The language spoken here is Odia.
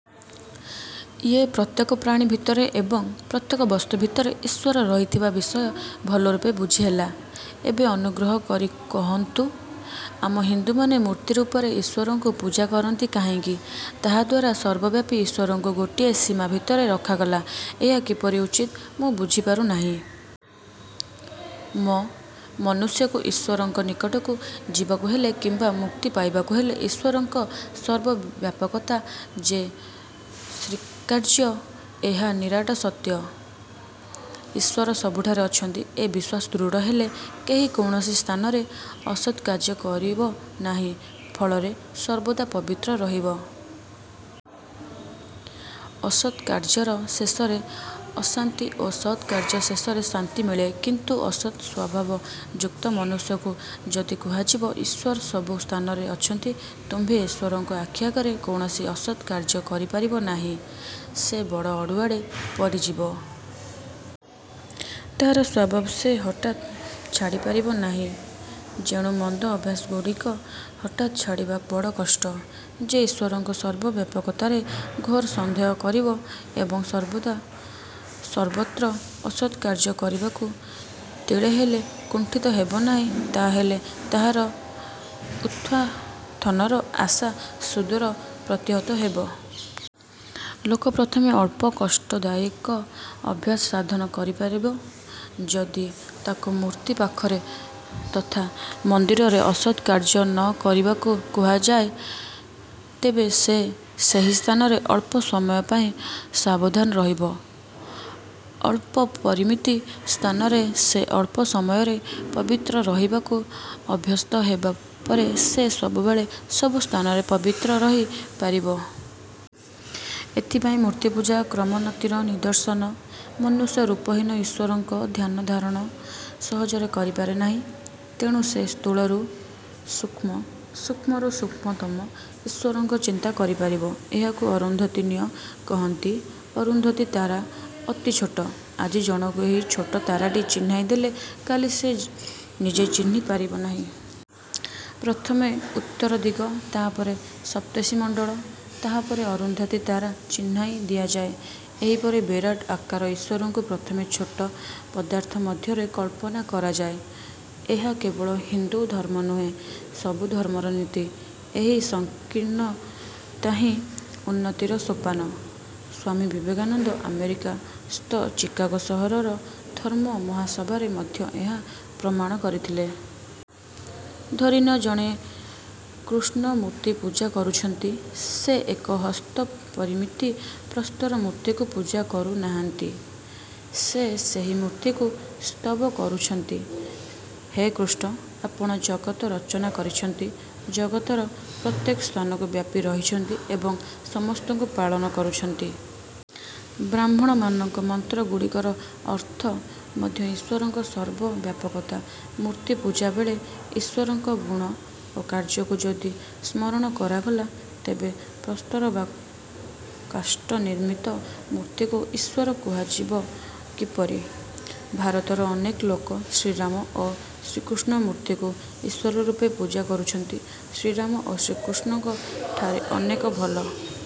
ୟ-ପ୍ରତ୍ୟେକ ପ୍ରାଣୀ ଭିତରେ ଏବଂ। ପ୍ରତ୍ୟେକ ବସ୍ତୁ ଭିତରେ ଈଶ୍ଵର ରହିଥିବା ବିଷୟ ଭଲରୂପେ ବୁଝି ହେଲା। ଏବେ ଅନୁଗ୍ରହ କରି କହନ୍ତୁ, ଆମ ହିନ୍ଦୁମାନେ ମୂର୍ତ୍ତି ରୂପରେ ଈଶ୍ଵରଙ୍କୁ ପୂଜା କରନ୍ତି କାହିଁକି? ତାହାଦ୍ୱାରା ସର୍ବବ୍ୟାପୀ ଈଶ୍ଵରଙ୍କୁ ଗୋଟିଏ ସୀମା ଭିତରେ ରଖାଗଲା। ଏହା କିପରି ଉଚିତ, ମୁଁ ବୁଝିପାରୁ ନାହିଁ। ମ-ମନୁଷ୍ୟକୁ ଈଶ୍ଵରଙ୍କ ନିକଟକୁ ଯିବାକୁ ହେଲେ କିମ୍ବା ମୁକ୍ତି ପାଇବାକୁ ହେଲେ ଈଶ୍ଵରଙ୍କ ସର୍ବବ୍ୟାପକତା ଯେ ସ୍ଵୀକାର୍ଯ୍ୟ, ଏହା ନିରାଟ ସତ୍ୟ। ଈଶ୍ଵର ସବୁଠାରେ ଅଛନ୍ତି, ଏ ବିଶ୍ଵାସ ଦୃଢ଼ ହେଲେ କେହି କୌଣସି ସ୍ଥାନରେ ଅସତ୍ କାର୍ଯ୍ୟ କରିବ ନାହିଁ; ଫଳରେ ସର୍ବଦା ପବିତ୍ର ରହିବ। ଅସତ୍ କାର୍ଯ୍ୟର ଶେଷରେ ଅଶାନ୍ତି ଓ ସତ୍ କାର୍ଯ୍ୟ ଶେଷରେ ଶାନ୍ତି ମିଳେ। କିନ୍ତୁ ଅସତ୍ ସ୍ଵଭାବ ଯୁକ୍ତ ମନୁଷ୍ୟକୁ ଯଦି କୁହାଯିବ, "ଈଶ୍ଵର ସବୁ ସ୍ଥାନରେ ଅଛନ୍ତି। ତୁମ୍ଭେ ଈଶ୍ଵରଙ୍କ ଆଖି ଆଗରେ କୌଣସି ଅସତ୍ କାର୍ଯ୍ୟ କରିପାରିବ ନାହିଁ। " ସେ ବଡ଼ ଅଡ଼ୁଆରେ ପଡ଼ିଯିବ। ତାହାର ସ୍ଵଭାବ ସେ ହଠାତ୍ ଛାଡ଼ିପାରିବ ନାହିଁ। ଯେଣୁ ମନ୍ଦ ଅଭ୍ୟାସଗୁଡ଼ିକ ହଠାତ୍ ଛାଡ଼ିବା ବଡ଼ କଷ୍ଟ। ସେ ଈଶ୍ଵରଙ୍କ ସର୍ବବ୍ୟାପକତାରେ ଘୋର ସନ୍ଦେହ କରିବ ଏବଂ ସର୍ବଦା ସର୍ବତ୍ର ଅସତ୍ କାର୍ଯ୍ୟ କରିବାକୁ ତିଳେହେଲେ କୁଣ୍ଠିତ ହେବ ନାହିଁ। ତାହାହେଲେ ତାହାର ଉତ୍ଥାନର ଆଶା ସୁଦୂର ପ୍ରତିହତ ହେବ-। ଲୋକ ପ୍ରଥମେ ଅଳ୍ପ କଷ୍ଟଦାୟକ ଅଭ୍ୟାସ ସାଧନ କରିପାରିବ। ଯଦି ତାକୁ ମୂର୍ତ୍ତି ପାଖରେ ତଥା ମନ୍ଦିରରେ ଅସତ୍ କାର୍ଯ୍ୟ ନ କରିବାକୁ କୁହାଯାଏ, ତେବେ ସେ ସେହି ସ୍ଥାନରେ ଅଳ୍ପ ସମୟ ପାଇଁ ସାବଧାନ ରହିବ। ଅଳ୍ପ ପରିମିତି ସ୍ଥାନରେ ଓ ଅଳ୍ପ ସମୟରେ ପବିତ୍ର ରହିବାକୁ ଅଭ୍ୟସ୍ତ ହେବା ପରେ ସେ ସବୁବେଳେ ସବୁ ସ୍ଥାନରେ ପବିତ୍ର ରହି ପାରିବ। ଏଥିପାଇଁ ମୂର୍ତ୍ତିପୂଜା କ୍ରମୋନ୍ନତିର ନିଦର୍ଶନ। ମନୁଷ୍ୟ ରୂପହୀନ ଈଶ୍ଵରଙ୍କ ଧ୍ୟାନ ଧାରଣା ସହଜରେ କରିପାରେ ନାହିଁ। ତେଣୁ ସେ ସ୍ଥୂଳରୁ ସୂକ୍ଷ୍ମ, ସୂକ୍ଷ୍ମରୁ ସୂକ୍ଷ୍ମତମ ଈଶ୍ଵରଙ୍କ ଚିନ୍ତା କରିପାରିବ। ଏହାକୁ ଅରୁନ୍ଧତୀନ୍ୟାୟ କହନ୍ତି। ଅରୁନ୍ଧତୀ ତାରା ଅତି ଛୋଟ। ଆଜି ଜଣକୁ ଏହି ଛୋଟ ତାରାଟି ଚିହ୍ନାଇ ଦେଲେ କାଲି ସେ ନିଜେ ଚିହ୍ନି ପାରିବ ନାହିଁ। ପ୍ରଥମେ ଉତ୍ତର ଦିଗ, ତାହାପରେ ସପ୍ତର୍ଷିମଣ୍ଡଳ, ତାହାପରେ ଅରୁନ୍ଧତୀ ତାରା ଚିହ୍ନାଇ ଦିଆଯାଏ। ଏହିପରି ବିରାଟ ଆକାର ଈଶ୍ଵରଙ୍କୁ ପ୍ରଥମେ ଛୋଟ ପଦାର୍ଥ ମଧ୍ୟରେ କଳ୍ପନା କରାଯାଏ। ଏହା କେବଳ ହିନ୍ଦୁ ଧର୍ମ ନୁହେଁ, ସବୁ ଧର୍ମର ନୀତି। ଏହି ସଂକୀର୍ଣ୍ଣତାହିଁ ଉନ୍ନତିର ସୋପାନ। ସ୍ଵାମୀ ବିକେକାନନ୍ଦ ଆମେରିକାସ୍ଥ ଚିକାଗୋ ସହରର ଧର୍ମ ମହାସଭାରେ ମଧ୍ୟ ଏହା ପ୍ରମାଣ କରିଥିଲେ। ଧରିନିଅ, ଜଣେ କୃଷ୍ଣ ମୂର୍ତ୍ତି ପୂଜା କରୁଛନ୍ତି। ସେ ଏକ ହସ୍ତ ପରିମିତ ପ୍ରସ୍ତର ମୂର୍ତ୍ତିକୁ ପୂଜା କରୁ ନାହାନ୍ତି। ସେ ସେହି ମୂର୍ତ୍ତିକୁ ସ୍ତବ କରୁଛନ୍ତି, "ହେ କୃଷ୍ଣ! ଆପଣ ଜଗତ ରଚନା କରିଛନ୍ତି, ଜଗତର ପ୍ରତ୍ୟେକ ସ୍ଥାନକୁ ବ୍ୟାପି ରହିଛନ୍ତି ଏବଂ ସମସ୍ତଙ୍କୁ ପାଳନ କରୁଛନ୍ତି। " ବ୍ରାହ୍ମଣମାନଙ୍କ ମନ୍ତ୍ରଗୁଡ଼ିକର ଅର୍ଥ ମଧ୍ୟ ଈଶ୍ଵରଙ୍କ ସର୍ବ ବ୍ୟାପକତା। ମୂର୍ତ୍ତି ପୂଜା ବେଳେ ଈଶ୍ଵରଙ୍କ ଗୁଣ ଓ କାର୍ଯ୍ୟକୁ ଯଦି ସ୍ମରଣ କରାଗଲା, ତେବେ ପ୍ରସ୍ତର ବା କାଷ୍ଠ ନିର୍ମିତ ମୂର୍ତ୍ତିକୁ ଈଶ୍ଵର କୁହାଯିବ କିପରି? ଭାରତର ଅନେକ ଲୋକ ଶ୍ରୀରାମ ଓ ଶ୍ରୀକୃଷ୍ଣଙ୍କ ମୂର୍ତ୍ତିକୁ ଈଶ୍ଵରରୂପେ ପୂଜା କରୁଛନ୍ତି। ଶ୍ରୀରାମ ଓ ଶ୍ରୀକୃଷ୍ଣଙ୍କ ଠାରେ ଅନେକ ଭଲ